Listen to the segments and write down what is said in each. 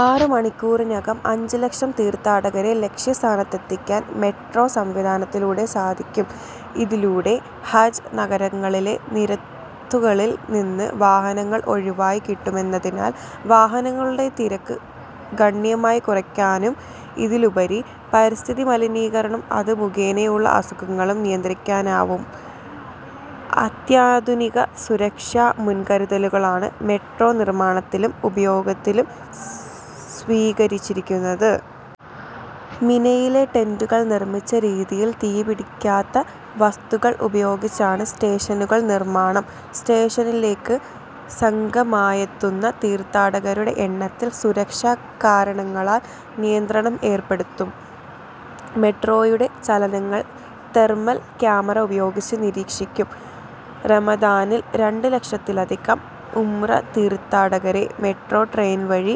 ആറ് മണിക്കൂറിനകം അഞ്ച് ലക്ഷം തീർത്ഥാടകരെ ലക്ഷ്യ സ്ഥാനത്തെത്തിക്കാൻ മെട്രോ സംവിധാനത്തിലൂടെ സാധിക്കും. ഇതിലൂടെ ഹജ്ജ് നഗരങ്ങളിലെ നിരത്തുകളിൽ നിന്ന് വാഹനങ്ങൾ ഒഴിവായിക്കിട്ടുമെന്നതിനാൽ വാഹനങ്ങളുടെ തിരക്ക് ഗണ്യമായി കുറക്കാനാവും. ഇതിലുപരി പരിസ്ഥിതി മലിനീകരണവും അത് മുഖേനയുള്ള അസുഖങ്ങളും നിയന്ത്രിക്കാനുമാവും. അത്യാധുനിക സുരക്ഷാ മുൻകരുതലുകളാണ് മെട്രോ നിർമ്മാണത്തിലും ഉപയോഗത്തിലും സ്വീകരിച്ചിരിക്കുന്നത്. മിനയിലെ ടെന്റുകൾ നിർമ്മിച്ച രീതിയിൽ തീ പിടിക്കാത്ത വസ്തുക്കൾ ഉപയോഗിച്ചാണ് സ്റ്റേഷനുകളുടെ നിർമ്മാണം. സ്റ്റേഷനിലേക്ക് സംഘമായെത്തുന്ന തീർത്ഥാടകരുടെ എണ്ണത്തിലും സുരക്ഷാ കാരണങ്ങളാൽ നിയന്ത്രണം ഏർപ്പെടുത്തും. മെട്രോയുടെ ചലനങ്ങൾ തെർമൽ ക്യാമറ ഉപയോഗിച്ച് നിരീക്ഷിക്കും. റമദാനിൽ രണ്ട് ലക്ഷത്തിലധികം ഉംറ തീർഥാടകരെ മെട്രോ ട്രെയിൻ വഴി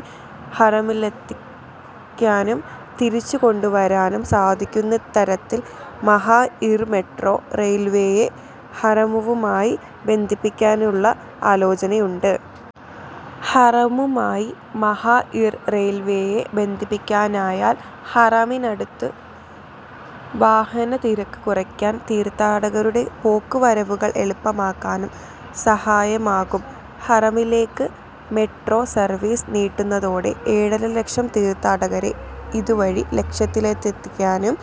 ഹറമിലത്തിക്കാനും തിരിച്ചുകൊണ്ടുവരാനും സാധിക്കുന്ന തരത്തിൽ മശാഇർ മെട്രോ റെയിൽവേയെ ഹറമുമായി ബന്ധിപ്പിക്കാനുള്ള ആലോചനയുണ്ട്. ഹറമുമായി മശാഇർ റെയിൽവേയെ ബന്ധിപ്പിക്കാനായാൽ ഹറമിനടുത്ത് വാഹന തിരക്ക് കുറക്കാനും തീർഥാടകരുടെ പോക്കുവരവുകൾ എളുപ്പമാക്കാനും സഹായകമാകും. ഹറമിലേക്ക് മെട്രോ സർവീസ് നീട്ടുന്നതോടെ ഏഴര ലക്ഷം തീർഥാടകരെ ഇതു വഴി ലക്ഷ്യത്തിലെത്തിക്കാനാവും.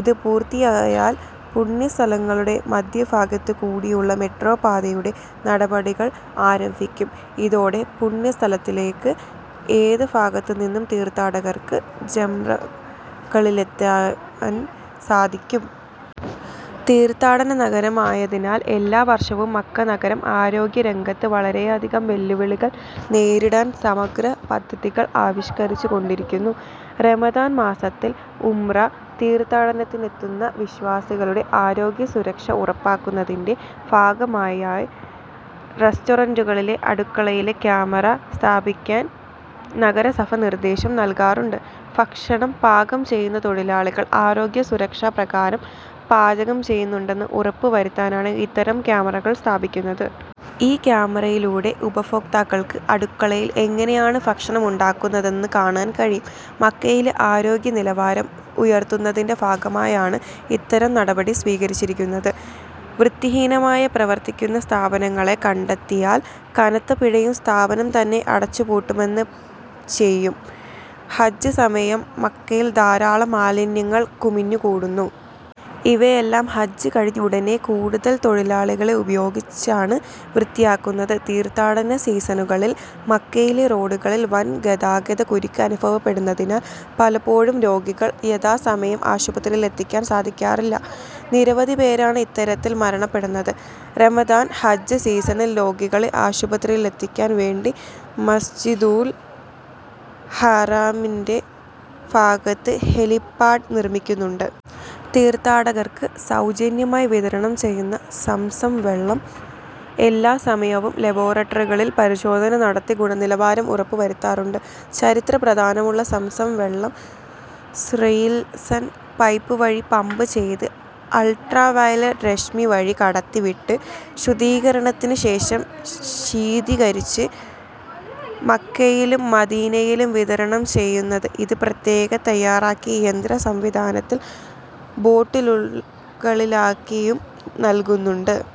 ഇത് പൂർത്തിയായാൽ പുണ്യ സ്ഥലങ്ങളുടെ മധ്യ ഭാഗത്ത് കൂടിയുള്ള മെട്രോപാതയുടെ നടപടികൾ ആരംഭിക്കും. ഇതോടെ പുണ്യ സ്ഥലങ്ങളിലെ ഏത് ഭാഗത്ത് നിന്നും തീർഥാടകർക്ക് ജംറകളിലത്തൊൻ സാധിക്കും. തീർത്ഥാടക നഗരമായതിനാൽ എല്ലാ വർഷവും മക്ക നഗരം ആരോഗ്യ രംഗത്തെ വളരെയധികം വെല്ലുവിളികൾ നേരിടാൻ സമഗ്ര പദ്ധതികൾ ആവിഷ്കരിച്ചു കൊണ്ടിരിക്കുന്നു. റമദാൻ മാസത്തിൽ ഉംറ തീർത്ഥാടനത്തിനെത്തുന്ന വിശ്വാസികളുടെ ആരോഗ്യ സുരക്ഷ ഉറപ്പാക്കുന്നതിന്റെ ഭാഗമായി റസ്റോറന്റുകളിലെ അടുക്കളയിൽ കാമറ സ്ഥാപിക്കാൻ നഗരസഭ നിർദ്ദേശം നൽകാറുണ്ട്. ഭക്ഷണം പാകം ചെയ്യുന്ന തൊഴിലാളികൾ ആരോഗ്യ സുരക്ഷാ പ്രകാരം പാചകം ചെയ്യുന്നുണ്ടെന്ന് ഉറപ്പ് വരുത്താനാണ് ഇത്തരം കാമറകൾ സ്ഥാപിക്കുന്നത്. ഈ കാമറയിലൂടെ ഉപഭോക്താക്കൾക്ക് അടുക്കളയിൽ എങ്ങനെയാണ് ഭക്ഷണം ഉണ്ടാക്കുന്നതെന്ന് കാണാൻ കഴിയും. മക്കയിലെ ആരോഗ്യ നിലവാരം ഉയർത്തുന്നതിന്റെ ഭാഗമായാണ് ഇത്തരം നടപടി സ്വീകരിച്ചിരിക്കുന്നത്. വൃത്തിഹീനമായി പ്രവർത്തിക്കുന്ന സ്ഥാപനങ്ങളെ കണ്ടെത്തിയാൽ കനത്ത പിഴയും സ്ഥാപനം തന്നെ അടച്ച് പൂട്ടുകയും ചെയ്യും. ഹജ്ജ് സമയത്ത് മക്കയിൽ ധാരാളം മാലിന്യങ്ങൾ കുമിഞ്ഞു കൂടുന്നു. ഇവയെല്ലാം ഹജ്ജ് കഴിഞ്ഞ ഉടനെ കൂടുതൽ തൊഴിലാളികളെ ഉപയോഗിച്ചാണ് വൃത്തിയാക്കുന്നത്. തീർത്ഥാടന സീസണുകളിൽ മക്കയിലെ റോഡുകളിൽ വൻ ഗതാഗത കുരുക്ക് അനുഭവപ്പെടുന്നതിനാൽ പലപ്പോഴും രോഗികളെ യഥാസമയം ആശുപത്രികളിലെത്തിക്കാൻ സാധിക്കാറില്ല. നിരവധി പേരാണ് ഇത്തരത്തിൽ മരണപ്പെടുന്നത്. റമദാൻ, ഹജ്ജ് സീസണിൽ രോഗികളെ ആശുപത്രിയിലെത്തിക്കാൻ വേണ്ടി മസ്ജിദുൽ ഹറമിന്റെ ഭാഗത്ത് ഹെലിപാഡ് നിർമ്മിക്കുന്നുണ്ട്. തീർത്ഥാടകർക്ക് സൌജന്യമായി വിതരണം ചെയ്യുന്ന സംസം വെള്ളം എല്ലാ സമയവും ലാബോറട്ടറികളിൽ പരിശോധന നടത്തി ഗുണനിലവാരം ഉറപ്പ് വരുത്താറുണ്ട്. ചരിത്ര പ്രാധാന്യമുള്ള സംസം വെള്ളം സ്റെയിൻലസ് പൈപ്പ് വഴി പമ്പ് ചെയ്ത് അൾട്രാ വൈലറ്റ് രശ്മി വഴി കടത്തി വിട്ട് ശുദ്ധീകരിച്ചതിന് ശേഷമാണ് ശീതീകരിച്ച് മക്കയിലും മദീനയിലും വിതരണം ചെയ്യുന്നത്. ഇത് പ്രത്യേകം തയ്യാറാക്കിയ യന്ത്ര സംവിധാനത്തിൽ ബോട്ടിലുകളിലാക്കിയും നൽകുന്നുണ്ട്.